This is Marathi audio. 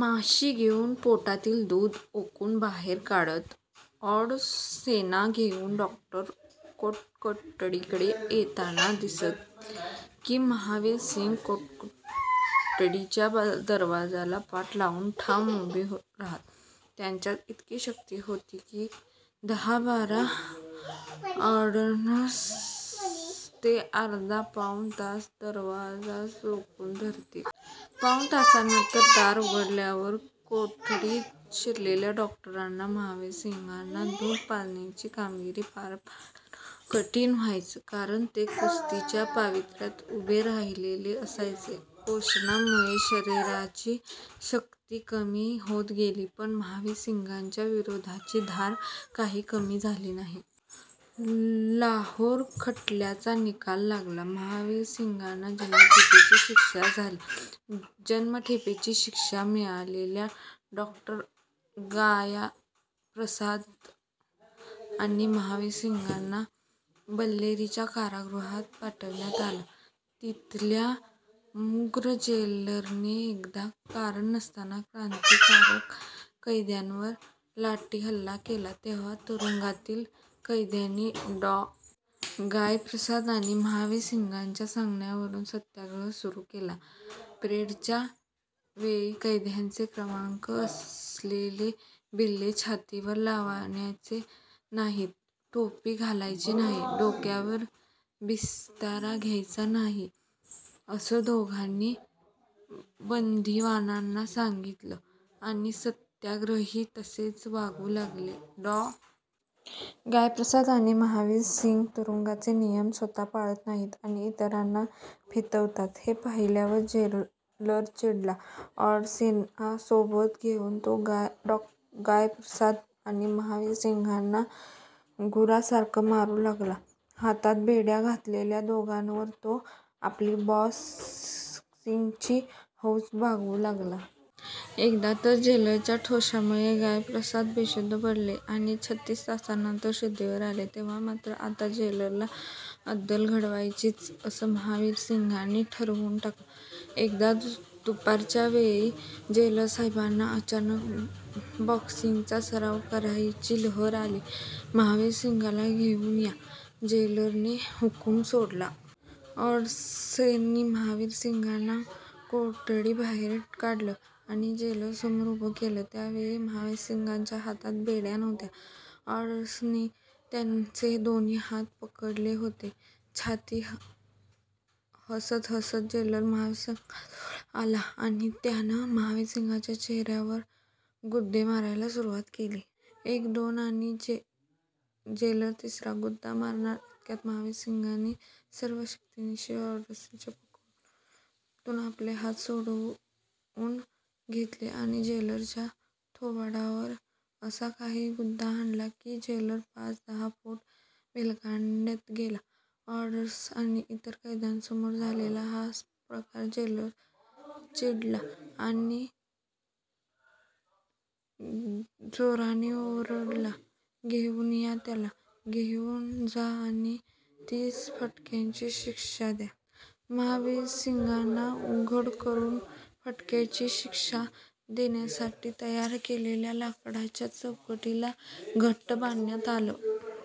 माशी गिळून पोटातील दूध ओकून बाहेर काढत. वॉर्डर्सना घेऊन डॉक्टर कोठडीकडे येताना दिसले की, महावीरसिंग कोठडीच्या दरवाजाला पाठ लावून ठाम उभे राहत. त्यांच्यात इतकी शक्ती होती की, दहा-बारा वॉर्डर्सना ते अर्धा-पाऊण तास दारावरच रोखून धरीत. पाऊण तासानंतर दार उघडल्यावर कोठडीत शिरलेल्या डॉक्टरांना, महावीरसिंगांना दूध पाजण्याची कामगिरी पार पाडणं कठीण व्हायचं; कारण ते कुस्तीच्या पवित्र्यात उभे राहिलेले असायचे. उपोषणामुळे शरीराची शक्ती कमी होत गेली, पण महावीरसिंगांच्या विरोधाची धार काही कमी झाली नाही. लाहोर खटल्याचा निकाल लागला. महावीरसिंगांना जन्मठेपेची शिक्षा मिळाली. जन्मठेपेची शिक्षा मिळालेल्या डॉ. गयाप्रसाद आणि महावीरसिंगांना बेल्लारीच्या कारागृहात पाठविण्यात आलं. तिथल्या मग्रूर जेलरने एकदा कारण नसताना क्रांतिकारक कैद्यांवर लाठीहल्ला केला तेव्हा तुरुंगातील कैद्यांनी डॉ. गयाप्रसाद आणि महावीरसिंगांच्या सांगण्यावरून सत्याग्रह सुरू केला. परेडच्या वेळी कैद्यांचे क्रमांक असलेले बिल्ले छातीवर लावायचे नाहीत, टोपी घालायची नाही, डोक्यावर बिस्तरा घ्यायचा नाही, असं दोघांनी बंदिवानांना सांगितलं आणि सत्याग्रही तसेच वागू लागले. डॉ. गयाप्रसाद आणि महावीरसिंग तुरुंगाचे नियम स्वतः पाळत नाहीत आणि इतरांना फितवतात, हे पाहिल्यावर जेलर चिडला. वॉर्डर्सना सोबत घेऊन तो डॉ. गयाप्रसाद आणि महावीरसिंगांना गुरासारखा मारू लागला. हातात बेड्या घातलेल्या दोघांवर तो आपली बॉक्सिंगची हौस भागवू लागला. एकदा तर जेलरच्या ठोशामुळे गयाप्रसाद बेशुद्ध पडले आणि छत्तीस तासांनंतर शुद्धीवर आले. तेव्हा मात्र आता 'जेलरला अद्दल घडवायचीच' असं महावीरसिंगांनी ठरवून टाकलं. एकदा दुपारच्या वेळी जेलरसाहेबांना अचानक बॉक्सिंगचा सराव करण्याची लहर आली. 'महावीरसिंगला घेऊन या' जेलरने हुकूम सोडला. वॉर्डर्सनी महावीरसिंगांना कोठडीबाहेर काढलं आणि जेलरसमोर उभं केलं. त्यावेळी महावीरसिंगांच्या हातात बेड्या नव्हत्या. वॉर्डर्सनी त्यांचे दोन्ही हात पकडले होते. छद्मी हसत हसत जेलर महावीरसिंगांजवळ आला आणि त्यानं महावीरसिंगांच्या चेहऱ्यावर गुद्दे मारायला सुरुवात केली. एक... दोन... आणि जेलर तिसरा गुद्दा मारणार इतक्यात महावीरसिंगांनी सर्व शक्तिनिशी वॉर्डर्सच्या पकडीतून आपले हात सोडवून घेतले आणि जेलरच्या थोबाडावर असा काही गुद्दा हाणला की, जेलर पाच-दहा फूट भेलकांडत गेला. वॉर्डर्स आणि इतर कैद्यांसमोर झालेल्या या प्रकारानं जेलर चिडला आणि जोराने ओरडला- 'घेऊन जा त्याला, घेऊन जा आणि तीस फटक्यांची शिक्षा द्या.' महावीरसिंगांना उघडं करून फटक्यांची शिक्षा देण्यासाठी तयार केलेल्या लाकडाच्या चौकटीला घट्ट बांधण्यात आलं.